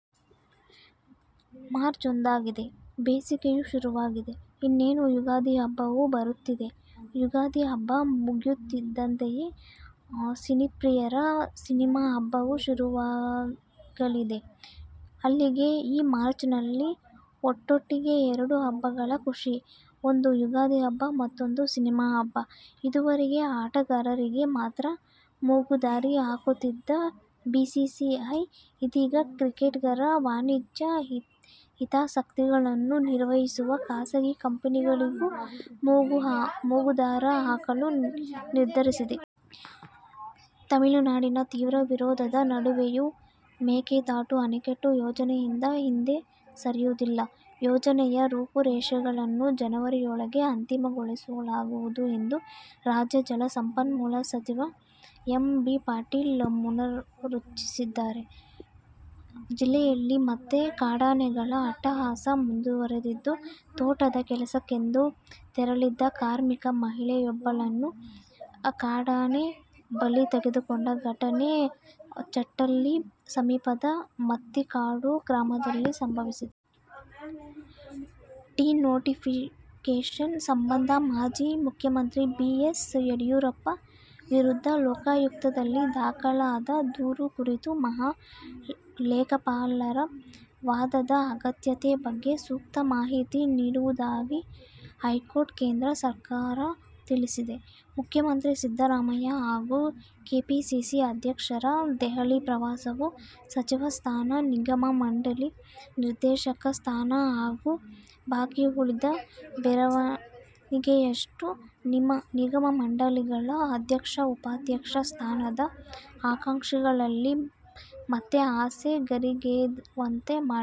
March ಬಂದಾಗಿದೆ. ಬೇಸಿಗೆಯೂ ಶುರುವಾಗಿದೆ. ಇನ್ನೇನು ಯುಗಾದಿ ಹಬ್ಬವೂ ಬರುತ್ತಿದೆ. ಯುಗಾದಿ ಹಬ್ಬ ಮುಗಿಯುತ್ತಿದ್ದಂತೆಯೇ, ಸಿನಿಪ್ರಿಯರ ಸಿನಿಮಾ ಹಬ್ಬವೂ ಶುರುವಾಗಲಿದೆ. ಅಲ್ಲಿಗೆ ಈ ಮಾರ್ಚ್ನಲ್ಲಿ ಒಟ್ಟೊಟ್ಟಿಗೆ ಎರಡು ಹಬ್ಬಗಳ ಖುಷಿ. ಒಂದು ಯುಗಾದಿ ಹಬ್ಬ ಮತ್ತೂಂದು ಸಿನಿಮಾ ಹಬ್ಬ! ಇದುವರೆಗೆ ಆಟಗಾರರಿಗೆ ಮಾತ್ರ ಮೂಗುದಾರ ಹಾಕುತ್ತಿದ್ದ ಬಿಸಿಸಿಐ, ಇದೀಗ ಕ್ರಿಕೆಟಿಗರ ವಾಣಿಜ್ಯ ಹಿತಾಸಕ್ತಿಗಳನ್ನು ನಿರ್ವಹಿಸುವ ಖಾಸಗಿ ಕಂಪನಿಗಳಿಗೂ ಮೂಗುದಾರ ಹಾಕಲು ನಿರ್ಧರಿಸಿದೆ. ತಮಿಳು ನಾಡಿನ ತೀವ್ರ ವಿರೋಧದ ನಡುವೆಯೂ ಮೇಕೆದಾಟು ಅಣೆಕಟ್ಟು ಯೋಜನೆಯಿಂದ ಹಿಂದೆ ಸರಿಯುವುದಿಲ್ಲ. ಯೋಜನೆಯ ರೂಪುರೇಷೆಗಳನ್ನು ಜನವರಿಯೊಳಗೆ ಅಂತಿಮಗೊಳಿಸಲಾಗುವುದು ಎಂದು ರಾಜ್ಯ ಜಲ ಸಂಪನ್ಮೂಲ ಸಚಿವ ಎಂ. ಬಿ ಪಾಟೀಲ್ ಪುನರುಚ್ಚರಿಸಿದ್ದಾರೆ. ಜಿಲ್ಲೆಯಲ್ಲಿ ಮತ್ತೆ ಕಾಡಾನೆಗಳ ಅಟ್ಟಹಾಸ ಮುಂದುವರಿದಿದ್ದು, ತೋಟದ ಕೆಲಸಕ್ಕೆಂದು ತೆರಳಿದ್ದ ಕಾರ್ಮಿಕ ಮಹಿಳೆಯೊಬ್ಬಳನ್ನು ಕಾಡಾನೆ ಬಲಿ ತೆಗೆದುಕೊಂಡ ಘಟನೆ ಚೆಟ್ಟಳ್ಳಿ ಸಮೀಪದ ಮತ್ತಿಕಾಡು ಗ್ರಾಮದಲ್ಲಿ ಸಂಭವಿಸಿದೆ. ಡಿ ನೋಟಿಫಿಕೇಷನ್ ಸಂಬಂಧ ಮಾಜಿ ಮುಖ್ಯಮಂತ್ರಿ ಬಿ. ಎಸ್. ಯುಡಿಯೂರಪ್ಪ ವಿರುದ್ಧ ಲೋಕಾಯುಕ್ತದಲ್ಲಿ ದಾಖಲಾದ ದೂರು ಕುರಿತು ಮಹಾ ಲೇಖಪಾಲರ ವಾದದ ಅಗತ್ಯತೆ ಬಗ್ಗೆ ಸೂಕ್ತ ಮಾಹಿತಿ ನೀಡುವುದಾಗಿ ಹೈಕೋರ್ಟ್ಗೆ ಕೇಂದ್ರ ಸರ್ಕಾರ ತಿಳಿಸಿದೆ. ಮುಖ್ಯಮಂತ್ರಿ ಸಿದ್ದರಾಮಯ್ಯ ಹಾಗೂ ಕೆಪಿಸಿಸಿ ಅಧ್ಯಕ್ಷರ ದೆಹಲಿ ಪ್ರವಾಸವು ಸಚಿವ ಸ್ಥಾನ, ನಿಗಮ ಮಂಡಳಿ ನಿರ್ದೇಶಕ ಸ್ಥಾನ ಹಾಗೂ ಬಾಕಿ ಉಳಿದ ಬೆರಳೆಣಿಕೆಯಷ್ಟು ನಿಗಮ-ಮಂಡಳಿಗಳ ಅಧ್ಯಕ್ಷ- ಉಪಾಧ್ಯಕ್ಷ ಸ್ಥಾನದ ಆಕಾಂಕ್ಷಿಗಳಲ್ಲಿ ಮತ್ತೆ ಆಸೆ ಗರಿಗೆದರುವಂತೆ ಮಾಡಿದೆ.